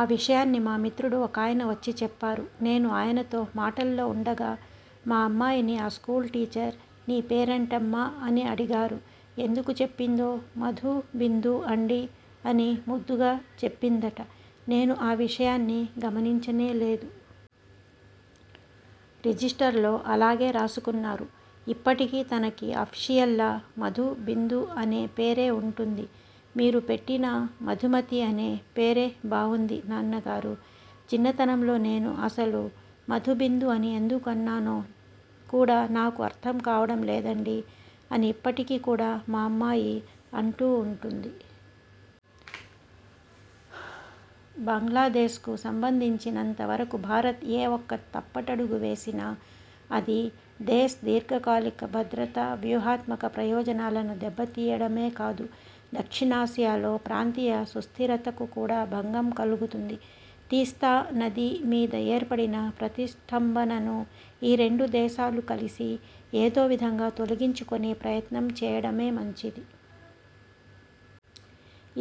ఆ విషయాన్ని మా మిత్రుడు ఒకాయన వచ్చి చెప్పారు. నేను ఆయనతో మాటల్లో ఉండగా మా అమ్మాయిని ఆ స్కూల్ టీచర్ 'నీ పేరేంటమ్మా? ' అని అడిగారు. ఎందుకు చెప్పిందో 'మధు బిందు అండీ' అని ముద్దుగా చెప్పిందట. నేను ఆ విషయాన్ని గమనించనేలేదు. రిజిస్టర్లో అలాగే రాసుకున్నారు. ఇప్పటికీ తనకి అఫిషియల్గా 'మధు బిందు' అనే పేరే ఉంటుంది. 'మీరు పెట్టిన మధుమతి అనే పేరే బావుంది నాన్నగారు. చిన్నతనంలో నేను అసలు మధుబిందు అని ఎందుకు అన్నానో కూడా నాకు అర్థం కావడం లేదండీ' అని ఇప్పటికి కూడా మా అమ్మాయి అంటూ ఉంటుంది. బంగ్లాదేశ్ కు సంబంధించినంత వరకూ భారత్ ఏ ఒక్క తప్పటడుగు వేసినా అది దేశ్ దీర్ఘకాలిక భద్రత, వ్యూహాత్మక ప్రయోజనాలను దెబ్బ తీయడమే కాదు, దక్షిణాసియాలో ప్రాంతీయ సుస్థిరతకు కూడా భంగం కలుగుతుంది. తీస్తా నది మీద ఏర్పడిన ప్రతిష్ఠంభనను ఈ రెండు దేశాలూ కలిసి ఏదో విధంగా తొలగించుకునే ప్రయత్నం చేయడమే మంచిది.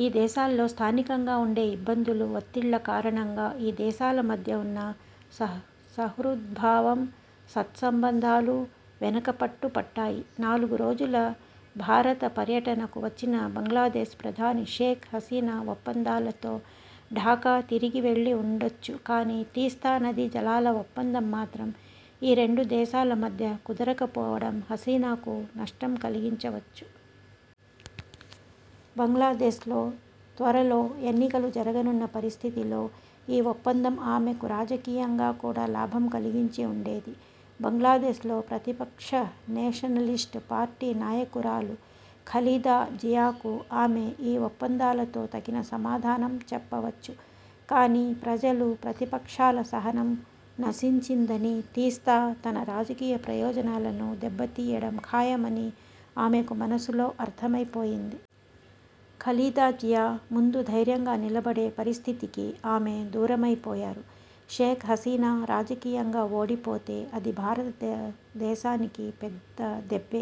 ఈ దేశాల్లో స్థానికంగా ఉండే ఇబ్బందులు, ఒత్తిళ్ల కారణంగా ఈ దేశాల మధ్య ఉన్న సుహృద్భావం, సత్సంబంధాలు వెనుకపట్టు పట్టాయి. నాలుగు రోజుల భారత పర్యటనకు వచ్చిన బంగ్లాదేశ ప్రధాని షేక్ హసీనా ఒప్పందాలతో ఢాకా తిరిగి వెళ్లి ఉండొచ్చు. కానీ, తీస్తా నదీ జలాల ఒప్పందం మాత్రం ఈ రెండు దేశాల మధ్య కుదరకపోవడం హసీనాకు నష్టం కలిగించవచ్చు. బంగ్లాదేశ్ లో త్వరలో ఎన్నికలు జరగనున్న పరిస్థితిలో ఈ ఒప్పందం ఆమెకు రాజకీయంగా కూడా లాభం కలిగించి ఉండేది. బంగ్లాదేశ్ లో ప్రతిపక్ష నేషనలిస్ట్ పార్టీ నాయకురాలు ఖలీదా జియాకు ఆమె ఈ ఒప్పందాలతో తగిన సమాధానం చెప్పవచ్చు. కానీ, ప్రజలు, ప్రతిపక్షాల సహనం నశించిందనీ, తీస్తా తన రాజకీయ ప్రయోజనాలను దెబ్బ తీయడం ఖాయమనీ ఆమెకు మనసులో అర్థమైపోయింది. ఖలీదా జియా ముందు ధైర్యంగా నిలబడే పరిస్థితికి ఆమె దూరమైపోయారు. షేక్ హసీనా రాజకీయంగా ఓడిపోతే అది భారతదేశానికి పెద్ద దెబ్బే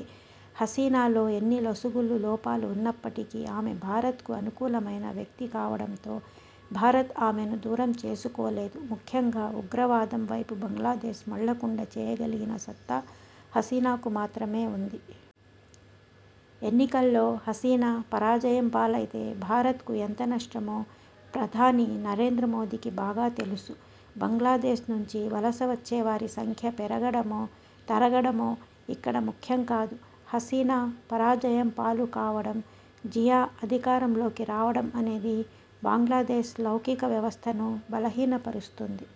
హసీనాలో ఎన్ని లొసుగులు, లోపాలు ఉన్నప్పటికీ, ఆమె భారత్ కు అనుకూలమైన వ్యక్తి కావడంతో భారత్ ఆమెను దూరం చేసుకోలేదు. ముఖ్యంగా ఉగ్రవాదం వైపు బంగ్లాదేశ్ మళ్లకుండా చేయగలిగిన సత్తా హసీనాకు మాత్రమే ఉంది. ఎన్నికల్లో హసీనాపరాజయం పాలైతే భారత్ కు ఎంత నష్టమో ప్రధాని నరేంద్ర మోదీకి బాగా తెలుసు. బంగ్లాదేశ్ నుంచి వలస వచ్చేవారి సంఖ్య పెరగడమో, తరగడమో ఇక్కడ ముఖ్యం కాదు. హసీనా పరాజయం పాలు కావడం, జియా అధికారంలోకి రావడం అనేది బంగ్లాదేశ్ లౌకిక వ్యవస్థను బలహీనపరుస్తుంది.